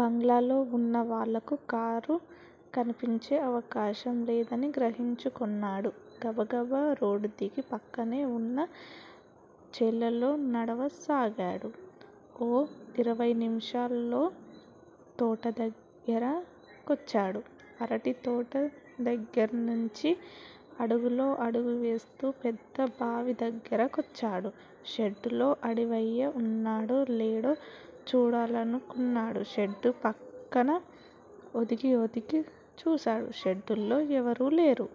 బంగళాలో వున్న వాళ్ళకు కారు కన్పించే అవకాశం లేదని గ్రహించుకొన్నాడు. గబగబా రోడ్డుదిగి పక్కనే వున్న చేలల్లో నడవసాగాడు. ఓ ఇరవై నిముషాల్లో తోటదగ్గర కొచ్చాడు. అరటితోట దగ్గిర్నుంచి అడుగులో అడుగువేస్తూ పెద్ద బావిదగ్గిర కొచ్చాడు. షెడ్డులో అడివయ్య ఉన్నాడో లేదో చూడాలనుకున్నాడు షెడ్డు పక్కన ఒదిగి ఒదిగి చూశాడు షెడ్డులో ఎవరూలేరు.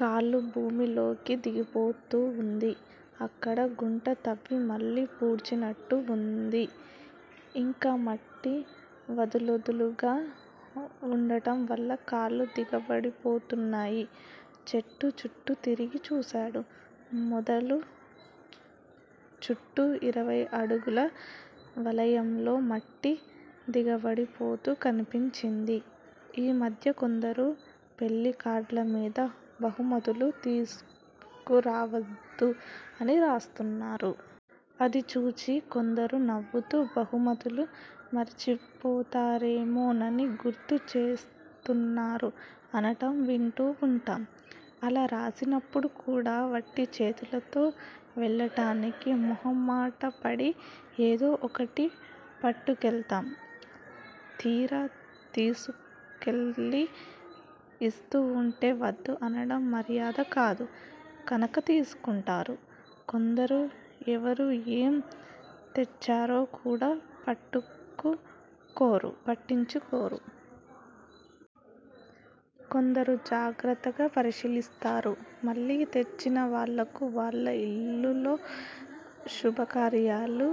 కాలు భూమిలోకి దిగిపోతూవుంది. అక్కడ గుంట తవ్వి మళ్ళీ పూడ్చినట్టుగా వుంది. ఇంకా మట్టి వదులొదులుగా వుండటంవల్ల కాళ్ళు దిగబడిపోతున్నాయి. చెట్టుచుట్టూ తిరిగి చూశాడు. మొదలు చుట్టూ ఇరవైఅడుగుల వలయంలో మట్టి దిగబడిపోతూ కన్పించింది. ఈ మధ్య కొందరు పెళ్ళికార్డులమీద బహుమతులు తీసుకురావద్దు అని రాస్తున్నారు. అది చూచి కొందరు నవ్వుతూ బహుమతులు మరిచిపోతారేమోనని గుర్తు చేస్తున్నారు అనడం వింటూ వుంటాం. అలా రాసినప్పుడు కూడా వట్టి చేతులతో వెళ్ళడానికి మొహమాటపడి ఏదో ఒకటి పట్టుకెళతాం. తీరా తీసుకెళ్ళి ఇస్తూ ఉంటే వద్దు అనడం మర్యాద కాదు. కనక తీసుకుంటారు. కొందరు ఎవరు ఏం తెచ్చారో కూడా పట్టించుకోరు. కొందరు జాగ్రత్తగా పరిశీలిస్తారు. మళ్ళీ తెచ్చిన వాళ్ళకు వాళ్ళ ఇళ్ళలో శుభకార్యాలకు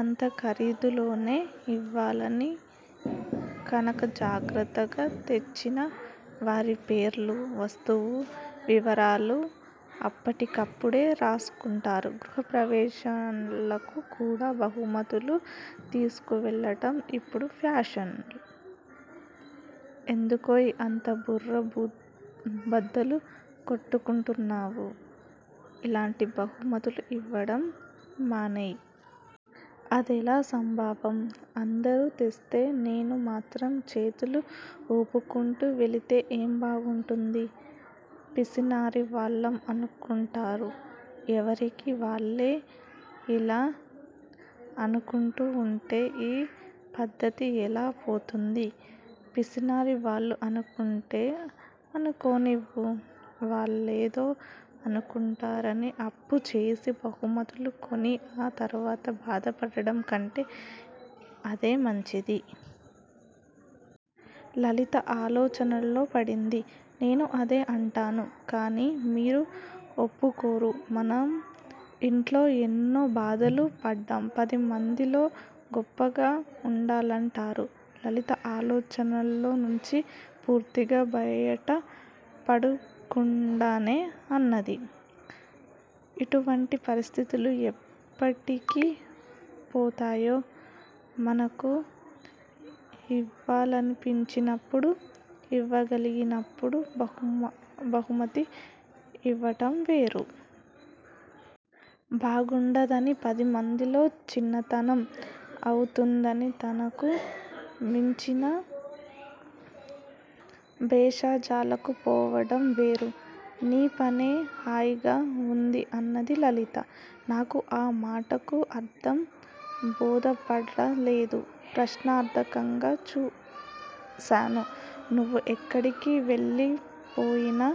అంతఖరీదులోనే ఇవ్వాలని కనక జాగ్రత్తగా తెచ్చిన వారి పేర్లు, వస్తువు వివరాలూ అప్పటికప్పుడే రాసుకుంటారు. గృహ ప్రవేశాలకు కూడా బహుమతులు తీసుకెళ్ళడం ఇప్పడు ఫాషన్! ఎందుకోయ్ అంత బుర్ర బద్దలు కొట్టుకుంటున్నావు? ఇలాంటి బహుమతులు ఇవ్వడం మానెయ్. అదెలా సంభవం? అందరూ తెస్తే నేను మాత్రం చేతులు ఊపుకుంటూ వెళితే ఏం బాగుంటుంది. పిసినారి వాళ్లం అనుకుంటారు. ఎవరికి వాళ్ళే యిలా అనుకుంటూ ఉంటే ఈ పధ్ధతి ఎలా పోతుంది? పిసినారి వాళ్లు అనుకుంటే అనుకోనివ్వు వాళ్ళేదో అనుకుంటారని అప్పుచేసి బహుమతులు కొని ఆ తరువాత బాధపడటం కంటే అదే మంచిది. లలిత ఆలోచనలో పడింది. నేనూ అదే అంటాను. కాని మీరు ఒప్పుకోరు మనం ఇంట్లో ఎన్నో బాధలు పడ్డాం పదిమందిలో గొప్పగా ఉండాలంటారు. లలిత ఆలోచనలో నుంచి పూర్తిగా బయటపడకుండానే అన్నది. ఇటువంటి పరిస్థితులు ఎప్పటికి పోతాయో మనకు ఇవ్వాలనిపించినప్పుడు ఇవ్వగలిగినప్పుడు బహుమతి ఇవ్వడం వేరు. బాగుండదనీ, పది మందిలో చిన్నతనం అవుతుందనీ తనకు మించిన భేషజాలకు పోవడం వేరు. నీ పనే హాయిగా ఉంది అన్నది లలిత. నాకు ఆ మాటకు అర్థం బోధపడలేదు ప్రశ్నార్థకంగా చూశాను. నువ్వు ఎక్కడికి వెళ్ళిపోయినా,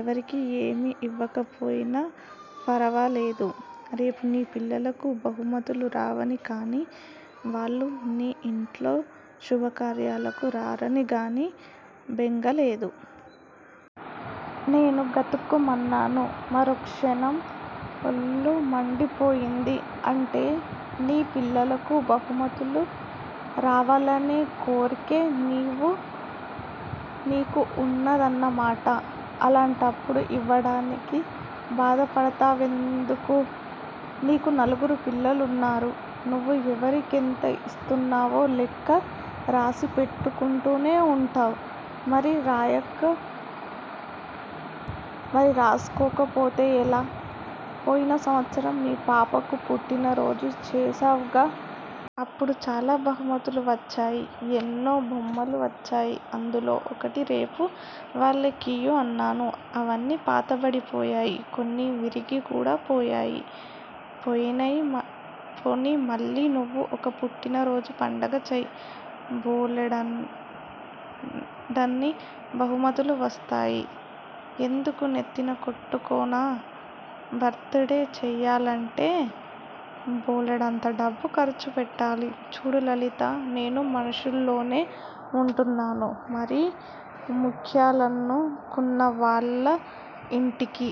ఎవరికీ ఏమి ఇవ్వకపోయినా ఫరవాలేదు. రేపు నీ పిల్లలకు బహుమతులు రావని కానీ, వాళ్ళు నీ ఇంట్లో శుభకార్యాలకు రారని కానీ బెంగ లేదు. నేను గతుక్కుమన్నాను. మరో క్షణం ఒళ్ళుమండిపోయింది. అంటే నీ పిల్లలకు బహుమతులు రావాలనే కోర్కె నీకూ ఉన్నదన్నమాట. అలాంటప్పుడు ఇవ్వడానికి బాధపడతావెందుకూ? నీకు నలుగురు పిల్లలు ఉన్నారు. నువ్వు ఎవరికెంత ఇస్తున్నావో లెక్క రాసి పెట్టుకుంటూనే ఉంటావ్. మరి రాసుకోకపోతే ఎలా? పోయిన సంవత్సరం మీ పాపకు పుట్టినరోజు చేశావుగా? అప్పుడు చాలా బహుమతులు వచ్చాయి. ఎన్నో బొమ్మలు వచ్చాయి అందులో ఒకటి రేపు వాళ్ళకియ్యి అన్నాను. అవన్నీ పాతబడిపోయాయి. కొన్ని విరిగి కూడా పోయాయి. పోనీయ్ మళ్ళీ నువ్వూ ఒక పుట్టినరోజు పండగ చెయ్. బోలెడన్ని బహుమతులు వస్తాయి. ఎందుకూ నెత్తినకొట్టుకోనా? బర్త్ డే చెయ్యాలంటే బోలెడంత డబ్బు ఖర్చు పెట్టాలి. చూడు లలిత! నేను మనుషుల్లోనే ఉంటున్నాను. మరీ ముఖ్యాలనుకున్న వాళ్ళ ఇంటికి